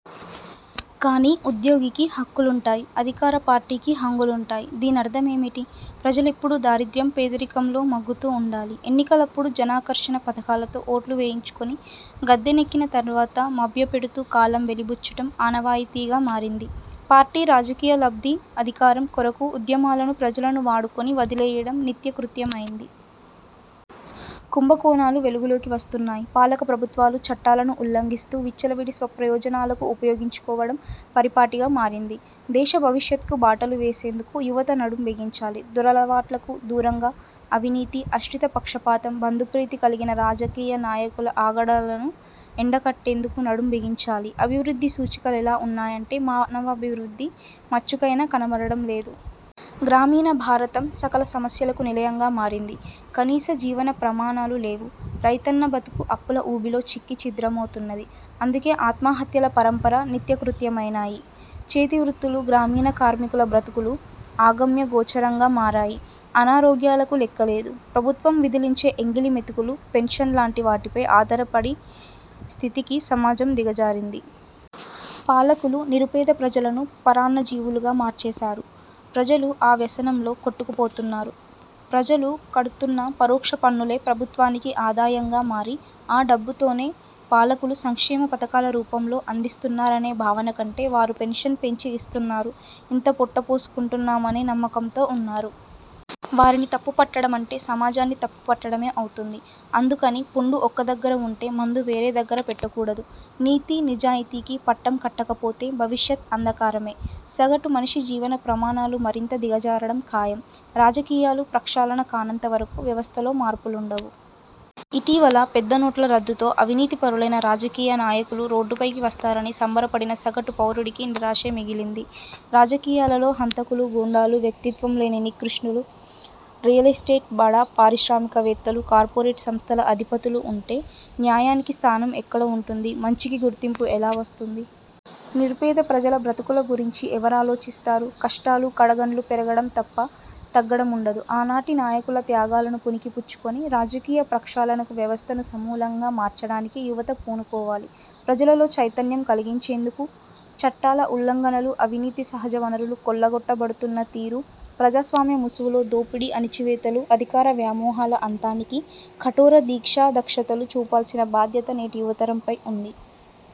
కానీ ఉద్యోగికి హక్కులుంటాయి. అధికార పార్టీకి హంగులుంటాయి? దీనర్థమేమిటి? ప్రజలెప్పుడూ దారిద్య్రం, పేదరికంలో మగ్గుతూ ఉండాలి. ఎన్నికలప్పుడు జనాకర్షణ పథకాలతో ఓట్లు వేయించుకొని గద్దెనెక్కిన తర్వాత మభ్యపెడుతూ కాలం వెలిబుచ్చడం ఆనవాయితీగా మారింది. పార్టీ రాజకీయ లబ్ధి, అధికారం కొరకు ఉద్యమాలను, ప్రజలను వాడుకొని వదిలెయ్యడం నిత్యకృత్యమైంది. కుంభకోణాలు వెలుగులోకి వస్తున్నాయి. పాలక ప్రభుత్వాలు చట్టాలను ఉల్లంఘిస్తూ, విచ్చలవిడి స్వప్రయోజనాలకు ఉపయోగించుకోవడం పరిపాటిగా మారింది. దేశ భవిష్యత్కు బాటలు వేసేందుకు యువత నడుం బిగించాలి. దురలవాట్లకు దూరంగా, అవినీతి, అశ్రితపక్షపాతం, బంధుప్రీతి కలిగిన రాజకీయ నాయకుల ఆగడాలను ఎండకట్టేందుకు నడుం బిగించాలి. అభివృద్ధి సూచికలెలా ఉన్నాయంటే మానవాభివృద్ధి మచ్చుకైన కనబడటం లేదు. గ్రామీణ భారతం సకల సమస్యలకు నిలయంగా మారింది. కనీస జీవన ప్రమాణాలు లేవు. రైతన్న బతుకు అప్పుల ఊబిలో చిక్కి ఛిద్రమవుతున్నది. అందుకే ఆత్మహత్యల పరంపర నిత్యకృత్యమైనాయి. చేతివృత్తులు, గ్రామీణ కార్మికుల బ్రతుకులు అగమ్యగోచరంగా మారాయి. అనారోగ్యాలకు లెక్కలేదు. ప్రభుత్వం విదిలించే ఎంగిలి మెతుకులు పెన్షన్ లాంటి వాటిపై ఆధారపడే స్థితికి సమాజం దిగజారింది. పాలకులు నిరుపేద ప్రజలను పరాన్నజీవులుగా మార్చేసారు. ప్రజలు ఆ వ్యసనంలో కొట్టుకపోతున్నారు. ప్రజలు కడుతున్న పరోక్ష పన్నులే, ప్రభుత్వానికి ఆదాయంగా మారి ఆ డబ్బుతోనే పాలకులు సంక్షేమ పథకాల రూపంలో అందిస్తున్నారనే భావన కంటే, వారు పెన్షన్ పెంచి ఇస్తున్నారు. ఇంత పొట్టపోసుకుంటున్నామనే నమ్మకంతో ఉన్నారు. వారిని తప్పుపట్టడమంటే సమాజాన్ని తప్పుపట్టడమే అవుతుంది. అందుకని పుండు ఒక దగ్గర వుంటే, మందు వేరే దగ్గర పెట్టకూడదు. నీతి, నిజాయితికి పట్టం కట్టకపోతే, భవిష్యత్ అంధకారమే. సగటు మనిషి జీవన ప్రమాణాలు మరింత దిగజారడం ఖాయం. రాజకీయాలు ప్రక్షాళన కానంత వరకు వ్యవస్థలో మార్పులుండవు. ఇటీవల పెద్ద నోట్ల రద్దుతో అవినీతిపరులైన రాజకీయ నాయకులు రోడ్డుపైకి వస్తారని సంబరపడిన సగటు పౌరుడికి నిరాశే మిగిలింది. రాజకీయాలలో హంతకులు, గుండాలు, వ్యక్తిత్వం లేని నికృష్టులు, రియల్ఎస్టేట్, బడా పారిశ్రామికవేత్తలు, కార్పోరేట్ సంస్థల ఆధిపతులు ఉంటే న్యాయానికి స్థానం ఎక్కడ వుంటుంది? మంచికి గుర్తింపు ఎలా వస్తుంది? నిరుపేద ప్రజల బ్రతుకుల గురించి ఎవరాలోచిస్తారు? కష్టాలు, కడగండ్లు పెరగడం తప్ప తగ్గడముండదు. ఆనాటి నాయకుల త్యాగాలను పుణికిపుచ్చుకొని రాజకీయ ప్రక్షాళనకు, వ్యవస్థను సమూలంగా మార్చడానికి యువత పూనుకోవాలి. ప్రజలలో చైతన్యం కలిగించేందుకూ, చట్టాల ఉల్లంఘనలు, అవినీతి, సహజవనరులు కొల్లగొట్టబడుతున్న తీరు, ప్రజాస్వామ్య ముసుగులో దోపిడీ, అణచివేతలు, అధికార వ్యామోహాల అంతానికీ కఠోర దీక్షా దక్షతలు చూపాల్సిన బాధ్యత నేటి యువతరంపై ఉంది.